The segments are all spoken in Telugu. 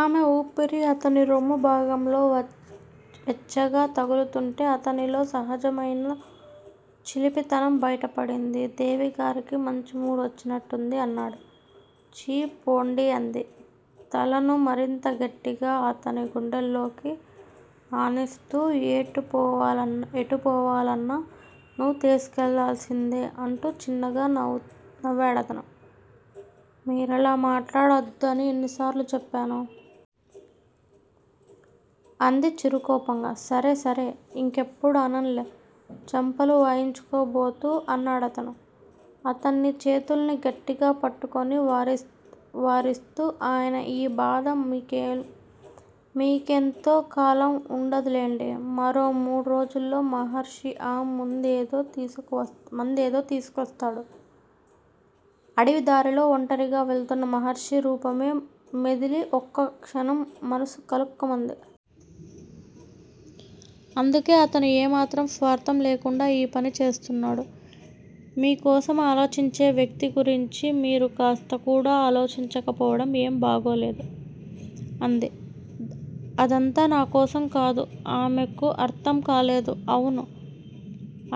ఆమె ఊపిరి అతనిరొమ్ము భాగంలో వెచ్చగా తగులుతూంటే అతనిలో సహజమైన చిలిపితనం బయటపడింది. దేవిగారికి మంచి మూడ్ వచ్చినట్టుంది అన్నాడు. ఛీ పొండి అంది. తలను మరింత గట్టిగా అతని గుండెలోకి ఆనిస్తూ. ఎటు పోవాలన్నా నువ్వు తీసికెళ్ళాల్సిందే అంటూ చిన్నగా నవ్వాడతను. మీరలా మాట్లాడొద్దని ఎన్ని సార్లు చెప్పాను? అంది చిరుకోపంగా. సరే సరే. ఇంకెప్పుడూ అననులే చెంపలు వాయించుకోబోతూ అన్నాడతను. అతని చేతుల్ని గట్టిగా పట్టుకుని వారిస్తూ అయినా ఈ బాధ మీకెంతో కాలం ఉండదులెండి! మరో మూడు రోజుల్లో మహర్షి ఆ మందేదో తీసుకువస్తాడు. అడవి దారిలో ఒంటరిగా వెళుతున్న మహర్షి రూపమే మెదిలి ఒక్కక్షణం మనస్సు కలుక్కుమంది. అందుకే అతను ఏ మాత్రం స్వార్థం లేకుండా ఈ పని చేస్తున్నాడు. మీ కోసం ఆలోచించే వ్యక్తి గురించి మీరు కాస్త కూడా ఆలోచించకపోవడం ఏం బాగాలేదు అంది. అదంతా నా కోసం కాదు! ఆమెకు అర్థంకాలేదు. అవును.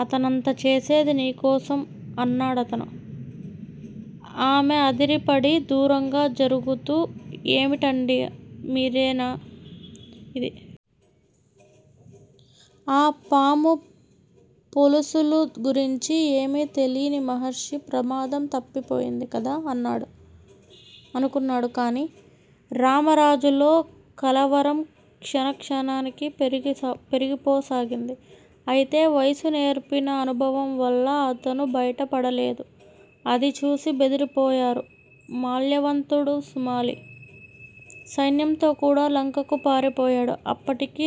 అతనంతా చేసేది నీకోసం! అన్నాడతను. ఆమె అదిరిపడి దూరంగా జరుగుతూ ఏమిటండీ మీరేనాఇది? ఆ పాము పొలుసులు గురించి ఏమీ తెలీని మహర్షి ప్రమాదం తప్పిపోయింది కదా అనుకున్నాడు. కానీ రామరాజులో కలవరం క్షణక్షణానికి పెరిగిపోసాగింది. అయితే వయసు నేర్పిన అనుభవం వల్ల అతను బయటపడలేదు. అది చూసి బెదిరిపోయారు మాల్యవంతుడు సుమాలి. సైన్యంతో కూడా లంకకు పారిపోయాడు. అప్పటికి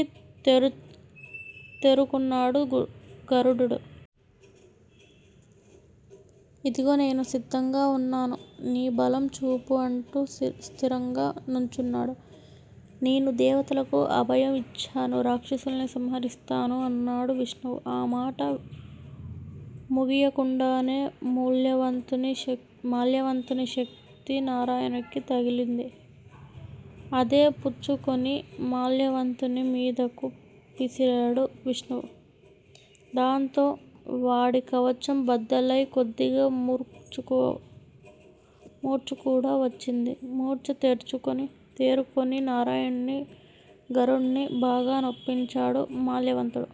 తేరుకున్నాడు గరుడుడు. ఇదిగో నేను సిద్ధంగా వున్నాను. నీ బలం చూపు అంటూ స్థిరంగా నుంచున్నాడు. నేను దేవతలకు అభయం ఇచ్చాను. రాక్షసుల్ను సంహరిస్తాను అన్నాడు విష్ణువు. ఆ మాట ముగియకుండానే మాల్యవంతుని శక్తి నారాయణునికి తగిలింది. అదే పుచ్చుకొని మాల్యవంతుని మీదకు విసిరాడు విష్ణువు. దాంతో వాడి కవచం బద్దలై కొద్దిగా మూర్ఛకూడా వచ్చింది. మూర్ఛ తేరుకొని నారాయణుణ్ణీ గరుడుణ్ణీ బాగా నొప్పించాడు మాల్యవంతుడు.